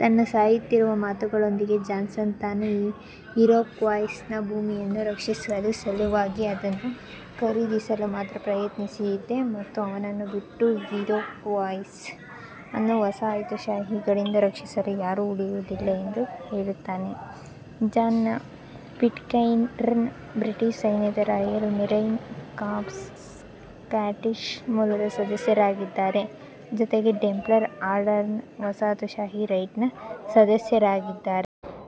ತನ್ನ ಸಾಯುತ್ತಿರುವ ಮಾತುಗಳೊಂದಿಗೆ, ಜಾನ್ಸನ್ ತಾನು ಇರೊಕ್ವಾಯ್ಸ್ನ ಭೂಮಿಯನ್ನು ರಕ್ಷಿಸುವ ಸಲುವಾಗಿ ಅದನ್ನು ಖರೀದಿಸಲು ಮಾತ್ರ ಪ್ರಯತ್ನಿಸಿದೆ ಮತ್ತು ಅವನನ್ನು ಬಿಟ್ಟು, ಇರೊಕ್ವಾಯ್ಸ್ ಅನ್ನು ವಸಾಹತುಶಾಹಿಗಳಿಂದ ರಕ್ಷಿಸಲು ಯಾರೂ ಉಳಿಯುವುದಿಲ್ಲ ಎಂದು ಹೇಳುತ್ತಾನೆ. ಜಾನ್ ಪಿಟ್ಕೈರ್ನ್ ಬ್ರಿಟಿಷ್ ಸೈನ್ಯದ ರಾಯಲ್ ಮೆರೈನ್ ಕಾರ್ಪ್ಸ್ನ ಸ್ಕಾಟಿಷ್ ಮೂಲದ ಸದಸ್ಯರಾಗಿದ್ದಾರೆ, ಜೊತೆಗೆ ಟೆಂಪ್ಲರ್ ಆರ್ಡರ್ನ ವಸಾಹತುಶಾಹಿ ರೈಟ್ನ ಸದಸ್ಯರಾಗಿದ್ದಾರೆ.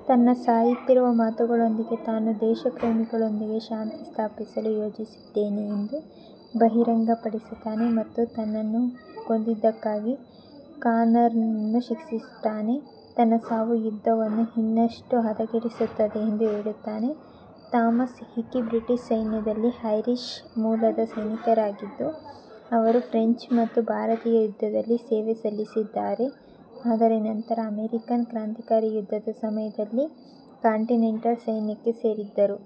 ತನ್ನ ಸಾಯುತ್ತಿರುವ ಮಾತುಗಳೊಂದಿಗೆ, ತಾನು ದೇಶಪ್ರೇಮಿಗಳೊಂದಿಗೆ ಶಾಂತಿ ಸ್ಥಾಪಿಸಲು ಯೋಜಿಸಿದ್ದೇನೆ ಎಂದು ಬಹಿರಂಗಪಡಿಸುತ್ತಾನೆ ಮತ್ತು ತನ್ನನ್ನು ಕೊಂದಿದ್ದಕ್ಕಾಗಿ ಕಾನರ್ನನ್ನು ಶಿಕ್ಷಿಸುತ್ತಾನೆ, ತನ್ನ ಸಾವು ಯುದ್ಧವನ್ನು ಇನ್ನಷ್ಟು ಹದಗೆಡಿಸುತ್ತದೆ ಎಂದು ಹೇಳುತ್ತಾನೆ. ಥಾಮಸ್ ಹಿಕಿ ಬ್ರಿಟಿಷ್ ಸೈನ್ಯದಲ್ಲಿ ಐರಿಷ್ ಮೂಲದ ಸೈನಿಕರಾಗಿದ್ದು, ಅವರು ಫ್ರೆಂಚ್ ಮತ್ತು ಭಾರತೀಯ ಯುದ್ಧದಲ್ಲಿ ಸೇವೆ ಸಲ್ಲಿಸಿದ್ದಾರೆ, ಆದರೆ ನಂತರ ಅಮೆರಿಕನ್ ಕ್ರಾಂತಿಕಾರಿ ಯುದ್ಧದ ಸಮಯದಲ್ಲಿ ಕಾಂಟಿನೆಂಟಲ್ ಸೈನ್ಯಕ್ಕೆ ಸೇರಿದರು.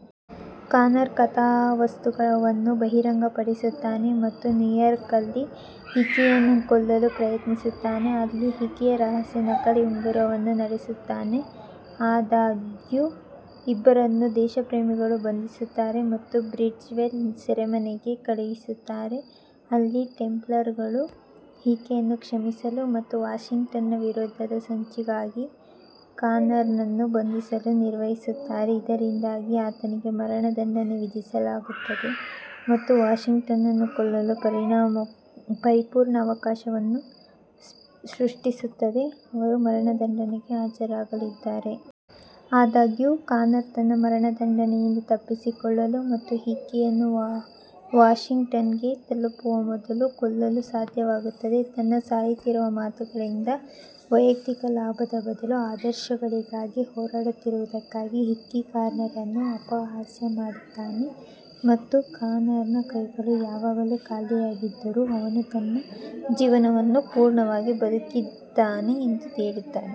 ಕಾನರ್ ಕಥಾವಸ್ತುವನ್ನು ಬಹಿರಂಗಪಡಿಸುತ್ತಾನೆ ಮತ್ತು ನ್ಯೂಯಾರ್ಕ್ನಲ್ಲಿ ಹಿಕಿಯನ್ನು ಕೊಲ್ಲಲು ಪ್ರಯತ್ನಿಸುತ್ತಾನೆ, ಅಲ್ಲಿ ಹಿಕಿಯು ರಹಸ್ಯ ನಕಲಿ ಉಂಗುರವನ್ನು ನಡೆಸುತ್ತಾನೆ. ಆದಾಗ್ಯೂ, ಇಬ್ಬರನ್ನೂ ದೇಶಪ್ರೇಮಿಗಳು ಬಂಧಿಸುತ್ತಾರೆ ಮತ್ತು ಬ್ರಿಡ್ವೆಲ್ ಸೆರೆಮನೆಗೆ ಕಳುಹಿಸುತ್ತಾರೆ, ಅಲ್ಲಿ ಟೆಂಪ್ಲರ್ಗಳು ಹಿಕಿಯನ್ನು ಕ್ಷಮಿಸಲು ಮತ್ತು ವಾಷಿಂಗ್ಟನ್ನ ವಿರುದ್ಧದ ಸಂಚುಗಾಗಿ ಕಾನರ್ನನ್ನು ಬಂಧಿಸಲು ನಿರ್ವಹಿಸುತ್ತಾರೆ, ಇದರಿಂದಾಗಿ ಆತನಿಗೆ ಮರಣದಂಡನೆ ವಿಧಿಸಲಾಗುತ್ತದೆ ಮತ್ತು ವಾಷಿಂಗ್ಟನ್ನನ್ನು ಕೊಲ್ಲಲು ಪರಿಪೂರ್ಣ ಅವಕಾಶವನ್ನು ಸೃಷ್ಟಿಸುತ್ತದೆ, ಅವರು ಮರಣದಂಡನೆಗೆ ಹಾಜರಾಗಲಿದ್ದಾರೆ. ಆದಾಗ್ಯೂ, ಕಾನರ್ ತನ್ನ ಮರಣದಂಡನೆಯಿಂದ ತಪ್ಪಿಸಿಕೊಳ್ಳಲು ಮತ್ತು ಹಿಕ್ಕಿಯನ್ನು ವಾಷಿಂಗ್ಟನ್ಗೆ ತಲುಪುವ ಮೊದಲು ಕೊಲ್ಲಲು ಸಾಧ್ಯವಾಗುತ್ತದೆ. ತನ್ನ ಸಾಯುತ್ತಿರುವ ಮಾತುಗಳಿಂದ, ವೈಯಕ್ತಿಕ ಲಾಭದ ಬದಲು ಆದರ್ಶಗಳಿಗಾಗಿ ಹೋರಾಡುತ್ತಿರುವುದಕ್ಕಾಗಿ ಹಿಕ್ಕಿ ಕಾನರ್ನನ್ನು ಅಪಹಾಸ್ಯ ಮಾಡುತ್ತಾನೆ ಮತ್ತು ಕಾನರ್ನ ಕೈಗಳು ಯಾವಾಗಲೂ ಖಾಲಿಯಾಗಿದ್ದರೂ, ಅವನು ತನ್ನ ಜೀವನವನ್ನು ಪೂರ್ಣವಾಗಿ ಬದುಕಿದ್ದಾನೆ ಎಂದು ಹೇಳುತ್ತಾನೆ.